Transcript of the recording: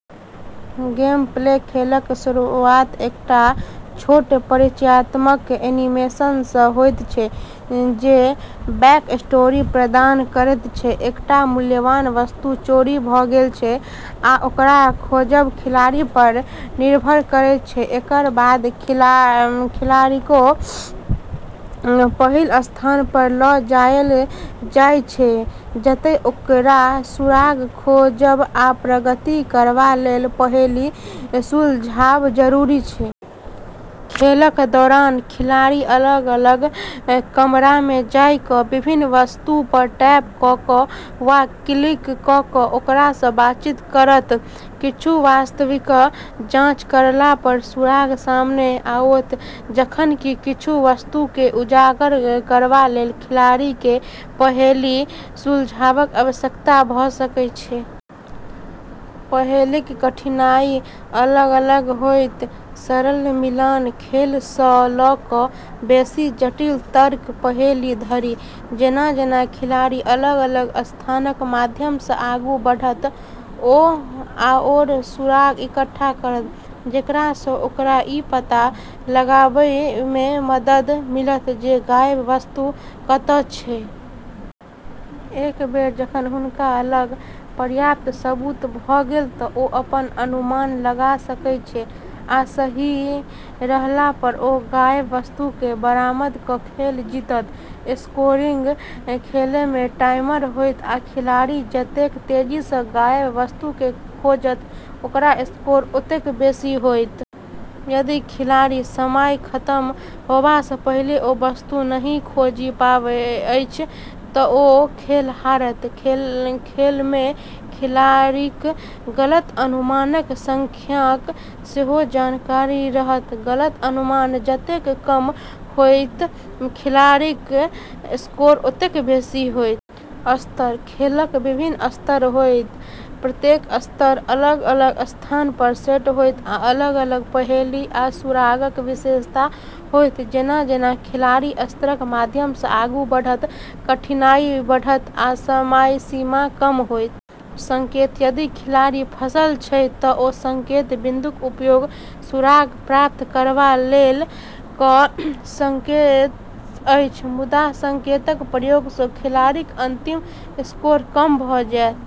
Gameplay: खेलक शुरुआत एकटा छोट परिचयात्मक एनीमेशन सँ होइत अछि जे बैकस्टोरी प्रदान करैत अछि: एकटा मूल्यवान वस्तु चोरी भ’ गेल अछि, आ ओकरा खोजब खिलाड़ी पर निर्भर करैत अछि। एकर बाद खिलाड़ीकेँ पहिल स्थान पर ल’ जायल जाइत अछि, जतए ओकरा सुराग खोजब आ प्रगति करबा लेल पहेली सुलझाबब जरूरी अछि। खेलक दौरान खिलाड़ी अलग-अलग कमरामे जाय क’ विभिन्न वस्तु पर टैप क’ क’ वा क्लिक क’ क’ ओकरा सँ बातचीत करत। किछु वस्तुअक जांच करला पर सुराग सामने आओत, जखन कि किछु वस्तुकेँ उजागर करबा लेल खिलाड़ीकेँ पहेली सुलझाबाक आवश्यकता भ’ सकैत अछि। पहेलीक कठिनाई अलग-अलग होयत, सरल मिलान खेल सँ ल’ क’ बेसी जटिल तर्क पहेली धरि। जेना-जेना खिलाड़ी अलग-अलग स्थानक माध्यम सँ आगू बढ़त, ओ आओर सुराग इकट्ठा करत जेकरा सँ ओकरा ई पता लगाएबमे मदद मिलत जे गायब वस्तु कतए अछि। एक बेर जखन हुनका लग पर्याप्त सबूत भ’ गेल तँ ओ अपन अनुमान लगा सकैत छथि आ सही रहला पर ओ गायब वस्तुकेँ बरामद क’ खेल जीतत। स्कोरिंग: खेलमे टाइमर होयत, आ खिलाड़ी जतेक तेजी सँ गायब वस्तुकेँ खोजत, ओकर स्कोर ओतेक बेसी होयत। यदि खिलाड़ी समय खतम होबा सँ पहिले ओ वस्तु नहि खोजि पाबैत अछि तँ ओ खेल हारत। खेलमे खिलाड़ीक गलत अनुमानक संख्याक सेहो जानकारी रहत; गलत अनुमान जतेक कम होयत, खिलाड़ीक स्कोर ओतेक बेसी होयत। स्तर: खेलक विभिन्न स्तर होयत प्रत्येक स्तर अलग-अलग स्थान पर सेट होयत आ अलग-अलग पहेली आ सुरागक विशेषता होयत। जेना-जेना खिलाड़ी स्तरक माध्यम सँ आगू बढ़त, कठिनाई बढ़त, आ समय सीमा कम होयत। संकेत: यदि खिलाड़ी फंसल अछि तँ ओ संकेत बिन्दुक उपयोग सुराग प्राप्त करबा लेल क’ सकैत अछि। मुदा संकेतक प्रयोग सँ खिलाड़ीक अंतिम स्कोर कम भ’ जेतै।